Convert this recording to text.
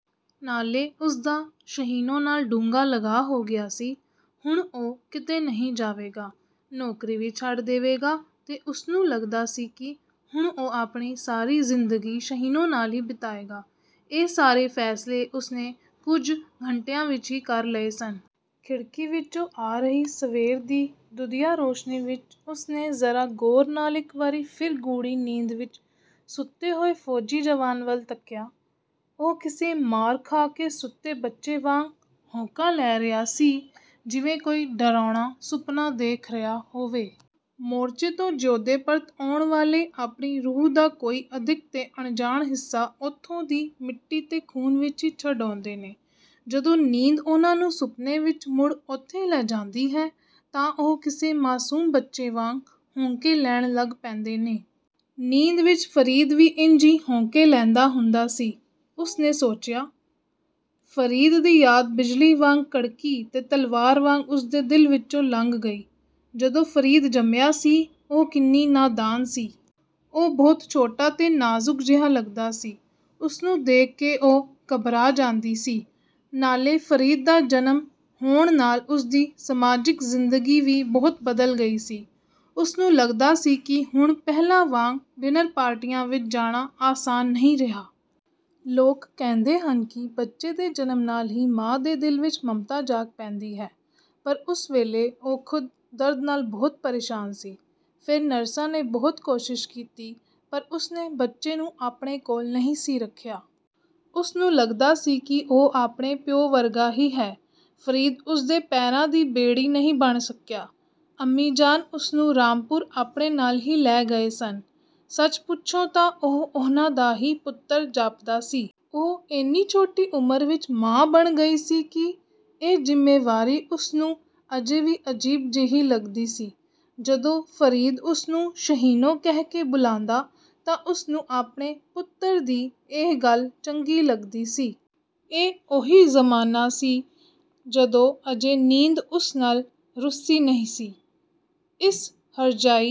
ਨਾਲੇ ਉਸਦਾ ਸ਼ਹੀਨੋ ਨਾਲ ਡੂੰਘਾ ਲਗਾਅ ਹੋ ਗਿਆ ਸੀ। ਹੁਣ ਉਹ ਕਿਤੇ ਨਹੀਂ ਜਾਵੇਗਾ। ਨੌਕਰੀ ਵੀ ਛੱਡ ਦੇਵੇਗਾ ਤੇ ਉਸਨੂੰ ਲੱਗਦਾ ਸੀ ਕਿ ਹੁਣ ਉਹ ਆਪਣੀ ਸਾਰੀ ਜ਼ਿੰਦਗੀ ਸ਼ਹੀਨੋ ਨਾਲ ਹੀ ਬਿਤਾਏਗਾ। ਇਹ ਸਾਰੇ ਫ਼ੈਸਲੇ ਉਸਨੇ ਕੁਝ ਘੰਟਿਆਂ ਵਿੱਚ ਹੀ ਕਰ ਲਏ ਸਨ। ਖਿੜਕੀ ਵਿਚੋਂ ਆ ਰਹੀ ਸਵੇਰ ਦੀ ਦੁੱਧੀਆ ਰੋਸ਼ਨੀ ਵਿੱਚ ਉਸਨੇ ਜ਼ਰਾ ਗੌਰ ਨਾਲ ਇੱਕ ਵਾਰੀ ਫਿਰ ਗੂੜ੍ਹੀ ਨੀਂਦ ਵਿੱਚ ਸੁੱਤੇ ਹੋਏ ਫੌਜੀ ਜਵਾਨ ਵੱਲ ਤੱਕਿਆ। ਉਹ ਕਿਸੇ ਮਾਰ ਖਾ ਕੇ ਸੁੱਤੇ ਬੱਚੇ ਵਾਂਗ ਹੌਂਕਾ ਲੈ ਰਿਹਾ ਸੀ, ਜਿਵੇਂ ਕੋਈ ਡਰਾਉਣਾ ਸੁਪਨਾ ਦੇਖ ਰਿਹਾ ਹੋਵੇ। ਮੋਰਚੇ ਤੋਂ ਜਿਊਂਦੇ ਪਰਤ ਆਉਣ ਵਾਲੇ ਆਪਣੀ ਰੂਹ ਦਾ ਕੋਈ ਅਦਿੱਖ ਤੇ ਅਣਜਾਣ ਹਿੱਸਾ ਉੱਥੋਂ ਦੀ ਮਿੱਟੀ ਤੇ ਖ਼ੂਨ ਵਿੱਚ ਹੀ ਛੱਡ ਆਉਂਦੇ ਨੇ। ਜਦੋਂ ਨੀਂਦ ਉਹਨਾਂ ਨੂੰ ਸੁਪਨੇ ਵਿੱਚ ਮੁੜ ਉੱਥੇ ਲੈ ਜਾਂਦੀ ਹੈ, ਤਾਂ ਉਹ ਕਿਸੇ ਮਾਸੂਮ ਬੱਚੇ ਵਾਂਗ ਹੌਂਕੇ ਲੈਣ ਲੱਗ ਪੈਂਦੇ ਨੇ। "ਨੀਂਦ ਵਿੱਚ ਫ਼ਰੀਦ ਵੀ ਇੰਝ ਹੀ ਹੌਂਕੇ ਲੈਂਦਾ ਹੁੰਦਾ ਸੀ," ਉਸਨੇ ਸੋਚਿਆ। ਫ਼ਰੀਦ ਦੀ ਯਾਦ ਬਿਜਲੀ ਵਾਂਗ ਕੜਕੀ ਤੇ ਤਲਵਾਰ ਵਾਂਗ ਉਸਦੇ ਦਿਲ ਵਿੱਚੋਂ ਲੰਘ ਗਈ। ਜਦੋਂ ਫ਼ਰੀਦ ਜੰਮਿਆ ਸੀ, ਉਹ ਕਿੰਨੀ ਨਾਦਾਨ ਸੀ। ਉਹ ਬਹੁਤ ਛੋਟਾ ਤੇ ਨਾਜ਼ੁਕ ਜਿਹਾ ਲੱਗਦਾ ਸੀ, ਉਸਨੂੰ ਦੇਖ ਕੇ ਉਹ ਘਬਰਾ ਜਾਂਦੀ ਸੀ। ਨਾਲੇ ਫ਼ਰੀਦ ਦਾ ਜਨਮ ਹੋਣ ਨਾਲ ਉਸਦੀ ਸਮਾਜਿਕ ਜ਼ਿੰਦਗੀ ਵੀ ਬਹੁਤ ਬਦਲ ਗਈ ਸੀ। ਉਸਨੂੰ ਲੱਗਦਾ ਸੀ ਕਿ ਹੁਣ ਪਹਿਲਾਂ ਵਾਂਗ ਡਿਨਰ ਪਾਰਟੀਆਂ ਵਿੱਚ ਜਾਣਾ ਆਸਾਨ ਨਹੀਂ ਰਿਹਾ। ਲੋਕ ਕਹਿੰਦੇ ਹਨ ਕਿ ਬੱਚੇ ਦੇ ਜਨਮ ਨਾਲ ਹੀ ਮਾਂ ਦੇ ਦਿਲ ਵਿੱਚ ਮਮਤਾ ਜਾਗ ਪੈਂਦੀ ਹੈ, ਪਰ ਉਸ ਵੇਲੇ ਉਹ ਖ਼ੁਦ ਦਰਦ ਨਾਲ ਬਹੁਤ ਪਰੇਸ਼ਾਨ ਸੀ। ਫੇਰ ਨਰਸਾਂ ਨੇ ਬਹੁਤ ਕੋਸ਼ਿਸ਼ ਕੀਤੀ, ਪਰ ਉਸਨੇ ਬੱਚੇ ਨੂੰ ਆਪਣੇ ਕੋਲ ਨਹੀਂ ਸੀ ਰੱਖਿਆ। ਉਸਨੂੰ ਲੱਗਦਾ ਸੀ ਕਿ ਉਹ ਆਪਣੇ ਪਿਉ ਵਰਗਾ ਹੀ ਹੈ। ਫ਼ਰੀਦ ਉਸਦੇ ਪੈਰਾਂ ਦੀ ਬੇੜੀ ਨਹੀਂ ਬਣ ਸਕਿਆ। ਅੰਮੀ ਜਾਨ ਉਸਨੂੰ ਰਾਮਪੁਰ ਆਪਣੇ ਨਾਲ ਹੀ ਲੈ ਗਏ ਸਨ। ਸੱਚ ਪੁੱਛੋ ਤਾਂ ਉਹ ਉਹਨਾਂ ਦਾ ਹੀ ਪੁੱਤਰ ਜਾਪਦਾ ਸੀ। ਉਹ ਏਨੀ ਛੋਟੀ ਉਮਰ ਵਿੱਚ ਮਾਂ ਬਣ ਗਈ ਸੀ ਕਿ ਇਹ ਜ਼ਿੰਮੇਵਾਰੀ ਉਸਨੂੰ ਅਜੇ ਵੀ ਅਜੀਬ ਜਿਹੀ ਲੱਗਦੀ ਸੀ। ਜਦੋਂ ਫ਼ਰੀਦ ਉਸਨੂੰ "ਸ਼ਹੀਨੋ" ਕਹਿ ਕੇ ਬੁਲਾਂਦਾ, ਤਾਂ ਉਸਨੂੰ ਆਪਣੇ ਪੁੱਤਰ ਦੀ ਇਹ ਗੱਲ ਚੰਗੀ ਲੱਗਦੀ ਸੀ। ਇਹ ਉਹੀ ਜ਼ਮਾਨਾ ਸੀ, ਜਦੋਂ ਅਜੇ ਨੀਂਦ ਉਸ ਨਾਲ ਰੁੱਸੀ ਨਹੀਂ ਸੀ। ਇਸ ਹਰਜਾਈ...